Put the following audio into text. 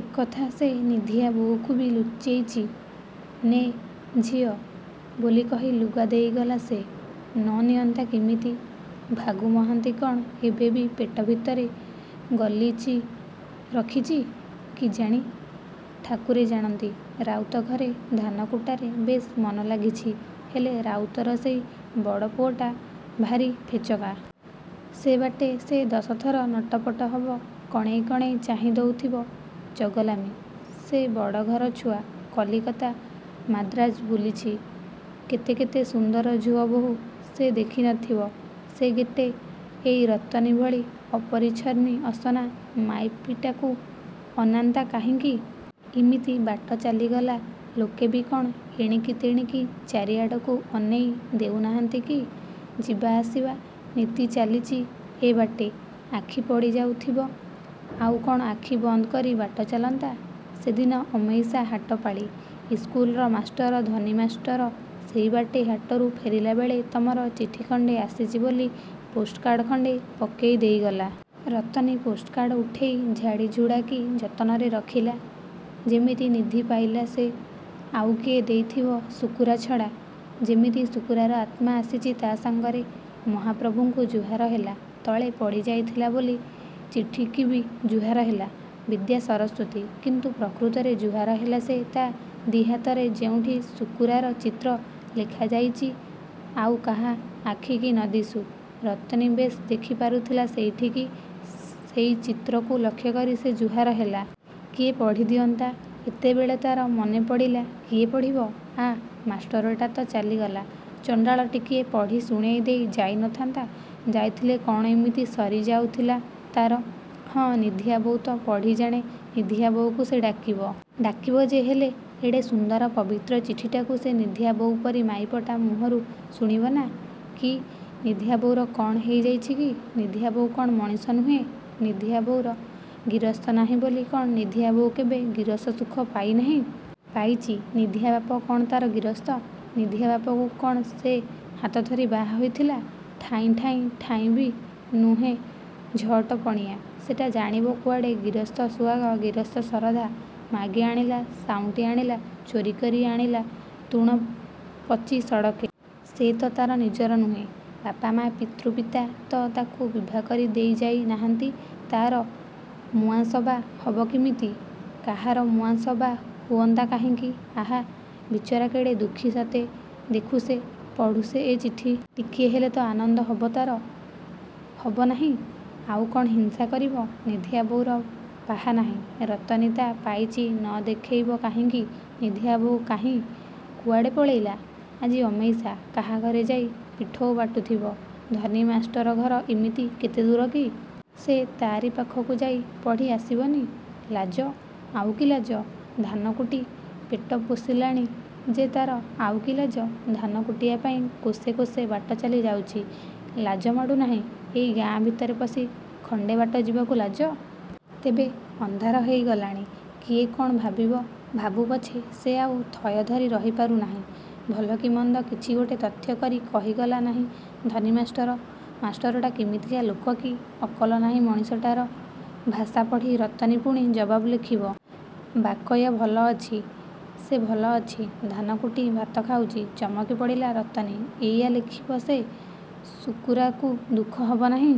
ଏକଥା ସେ ନିଧିଆବୋଉକୁବି ଲୁଚେଇଚି। 'ନେ ଝିଅ' ବୋଲି କହି ଲୁଗା ଦେଇଗଲା ସେ। ନ ନିଅନ୍ତା କିମିତି । ଭାଗୁ ମହାନ୍ତି କ'ଣ ଏବେବି ପେଟ ଭିତରେ ଗଲିଜି ରଖିଚି? କିଜାଣି। ଠାକୁରେ ଜାଣନ୍ତି। ରାଉତଘରେ ଧାନକୁଟାରେ ବେଶ୍ ମନଲାଗିଛି। ହେଲେ, ରାଉତର ସେଇ ବଡ଼ପୁଅଟା ଭାରି ଫେଚକା। ସେ ବାଟେ ସେ ଦଶଥର ନଟପଟ ହବ କଣେଇ କଣେଇ ଚାହିଁ ଦଉଥିବ। ଚଗଲାମି। ସେ ବଡ଼ଘର ଛୁଆ। କଲିକତା ମାଦ୍ରାଜ ବୁଲିଚି। କେତେ କେତେ ସୁନ୍ଦର ଝୁଅ ବହୂ ସେ ଦେଖି ନଥିବ। ସେ ଗେଟେ ଏଇ ରତନୀ ଭଳି ଅପରିଚ୍ଛନ୍ନି ଅସନା ମାଇପିଟାକୁ ଅନାନ୍ତା କାହିଁକି। ଇମିତି ବାଟ ଚାଲିଗଲା ଲୋକେବି କ'ଣ ଏଣିକି ତେଣିକି ଚାରିଆଡ଼କୁ ଅନେଇ ଦେଉନାହାନ୍ତି କି। ଯିବା ଆସିବା ନିତି ଚାଲିଚି ଏ ବାଟେ। ଆଖି ପଡ଼ିଯାଉଥିବ। ଆଉ କ'ଣ ଆଖି ବନ୍ଦ କରି ବାଟ ଚାଲନ୍ତା। ସେଦିନ ଅମେଇସା ହାଟପାଳି। ଇସ୍କୁଲର ମାଷ୍ଟର ଧନୀ ମାଷ୍ଟର ସେଇବାଟେ ହାଟରୁ ଫେରିଲାବେଳେ ତମର ଚିଠିଖଣ୍ତେ ଆସିଚି ବୋଲି ପୋଷ୍ଟକାର୍ଡ଼ ଖଣ୍ତେ ପକେଇ ଦେଇଗଲା। ରତନୀ ପୋଷ୍ଟକାର୍ଡ଼ ଉଠେଇ ଝାଡ଼ିଝୁଡ଼ାକି ଯତନରେ ରଖିଲା। ଯେମିତି ନିଧି ପାଇଲା ସେ! ଆଉ କିଏ ଦେଇଥିବ ଶୁକୁରା ଛଡ଼ା। ଯେମିତି ଶୁକୁରାର ଆତ୍ମା ଆସିଚି ତା' ସାଙ୍ଗରେ। ମହାପ୍ରଭୁଙ୍କୁ ଜୁହାର ହେଲା। ତଳେ ପଡ଼ିଯାଇଥିଲା ବୋଲି ଚିଠିକିବି ଜୁହାର ହେଲା। ବିଦ୍ୟା, ସରସ୍ୱତୀ! କିନ୍ତୁ ପ୍ରକୃତରେ ଜୁହାର ହେଲା ସେ ତା' ଦିହାତରେ ଯେଉଁଠି ଶୁକୁରାର ଚିତ୍ର ଲେଖାଯାଇଚି ଆଉ କାହା ଆଖିକି ନ ଦିଶୁ, ରତନୀ ବେଶ୍ ଦେଖି ପାରୁଥିଲା ସେଇଠିକି ସେଇଚିତ୍ରକୁ ଲକ୍ଷ୍ୟକରି ସେ ଜୁହାର ହେଲା। କିଏ ପଢ଼ି ଦିଅନ୍ତା। ଏତେବେଳେ ତା'ର ମନେପଡ଼ିଲା। କିଏ ପଢ଼ିବ? ଆଃ, ମାଷ୍ଟରଟା ତ ଚାଲିଗଲା। ଚଣ୍ତାଳ ଟିକିଏ ପଢ଼ି ଶୁଣେଇ ଦେଇ ଯାଇ ନଥାନ୍ତା। ଯାଇଥିଲେ କ'ଣ ଇମିତି ସରି ଯାଉଥିଲା ତା'ର? ହଁ, ନିଧିଆ ବୋଉ ତ ପଢ଼ି ଜାଣେ। ନିଧିଆ ବୋଉକୁ ସେ ଡାକିବ-। ଡାକିବ ଯେ, ହେଲେ ଏଡ଼େ ସୁନ୍ଦର ପବିତ୍ର ଚିଠିଟାକୁ ସେ ନିଧିଆ ବୋଉ ପରି ମାଇପଟା ମୁହଁରୁ ଶୁଣିବନା? କି, ନିଧିଆ ବୋଉର କ'ଣ ହେଇ ଯାଇଚି କି? ନିଧିଆବୋଉ କ'ଣ ମଣିଷ ନୁହେଁ? ନିଧିଆବୋଉର। ଗିରସ୍ତ ନାହିଁ ବୋଲି କ'ଣ ନିଧିଆବୋଉ କେବେ ଗିରସ୍ତ ସୁଖ ପାଇ ନାହିଁ? ପାଇଚି? ନିଧିଆ ବାପ କ'ଣ ତା'ର ଗିରସ୍ତ। ନିଧିଆ ବାପକୁ କ'ଣ ସେ ହାତ ଧରି ବାହା ହେଇଥିଲା? ଠାଇଁ ଠାଇଁ ଠାଇଁବି ନୁହେଁ ଝଅଟ ପଣିଆ। ସେଟା ଜାଣିବ କୁଆଡ଼େ ଗିରସ୍ତ ସୁଆଗ ଗିରସ୍ତ ଶରଧା? ମାଗି ଆଣିଲା, ସାଉଁଟି ଆଣିଲା, ଚୋରିକରି ଆଣିଲା ତୁଣ ପଚି ସଡ଼କେ। ସେ ତ ତା'ର ନିଜର ନୁହେଁ। ବାପା ମା ପିତୃ ପିତା ତ ତାକୁ ବିଭାକରି ଦେଇ ଯାଇ ନାହାନ୍ତି। ତା'ର ମୁଆଁସ ବା ହବ କିମିତି? କାହାର ମୁଆଁସ ବା ହୁଅନ୍ତା କାହିଁକି! ଆହା, ବିଚରା କେଡ଼େ ଦୁଃଖୀ ସତେ! ଦେଖୁ ସେ, ପଢ଼ୁ ସେ ଏ ଚିଠି। ଟିକିଏ ହେଲେ ତ ଆନନ୍ଦ ହବ ତା'ର? ହବ ନାହିଁ? ଆଉ କ'ଣ ହିଂସା କରିବ? ନିଧିଆବୋଉର ପାହା ନାହିଁ, ରତନୀ ତା ପାଇଚି ନ ଦେଖେଇବ କାହିଁକି? ନିଧିଆ ବୋଉ କାହିଁ? କୁଆଡ଼େ ପଳେଇଲା? ଆଜି ଅମେଇସା। କାହାଘରେ ଯାଇ ପିଠଉ ବାଟୁଥିବ। ଧନୀ ମାଷ୍ଟର ଘର ଏମିତି କେତେ ଦୂର କି? ସେ ତା'ରି ପାଖକୁ ଯାଇ ପଢ଼ି ଆସିବନି-? ଲାଜ? ଆଉ କି ଲାଜ? ଧାନକୁଟି ପେଟ ପୋଷିଲାଣି ଯେ ତା'ର ଆଉ କି ଲାଜ-? ଧାନକୁଟିବା ପାଇଁ କୋଶେ କୋଶେ ବାଟଚାଲି ଯାଉଚି, ଲାଜମାଡ଼ୁନାହିଁ, ଏଇ ଗାଁ ଭିତରେ ପଶି ଖଣ୍ତେ ବାଟ ଯିବାକୁ ଲାଜ? ତେବେ, ଅନ୍ଧାର ହେଇ ଗଲାଣି। କିଏ କ'ଣ ଭାବିବ। ଭାବୁପଛେ, ସେ ଆଉ ଥୟ ଧରି ରହିପାରୁ ନାହିଁ। ଭଲ କି ମନ୍ଦ କିଛି ଗୋଟେ ତଥ୍ୟକରି କହିଗଲା ନାହିଁ ଧନୀ ମାଷ୍ଟର। ମାଷ୍ଟରଟା କିମିତିକା ଲୋକ କି? ଅକଲ ନାହିଁ ମଣିଷଟାର। ଭାଷା ପଢ଼ି ରତନୀ ପୁଣି ଜବାବ ଲେଖିବ। ବାକୟା ଭଲ ଅଛି। ସେ ଭଲ ଅଛି। ଧାନକୁଟି ଭାତଖାଉଚି। ଚମକି ପଡ଼ିଲା ରତନୀ। ଏଇୟା ଲେଖିବ ସେ! ଶୁକୁରାକୁ ଦୁଃଖ ହବ ନାହିଁ?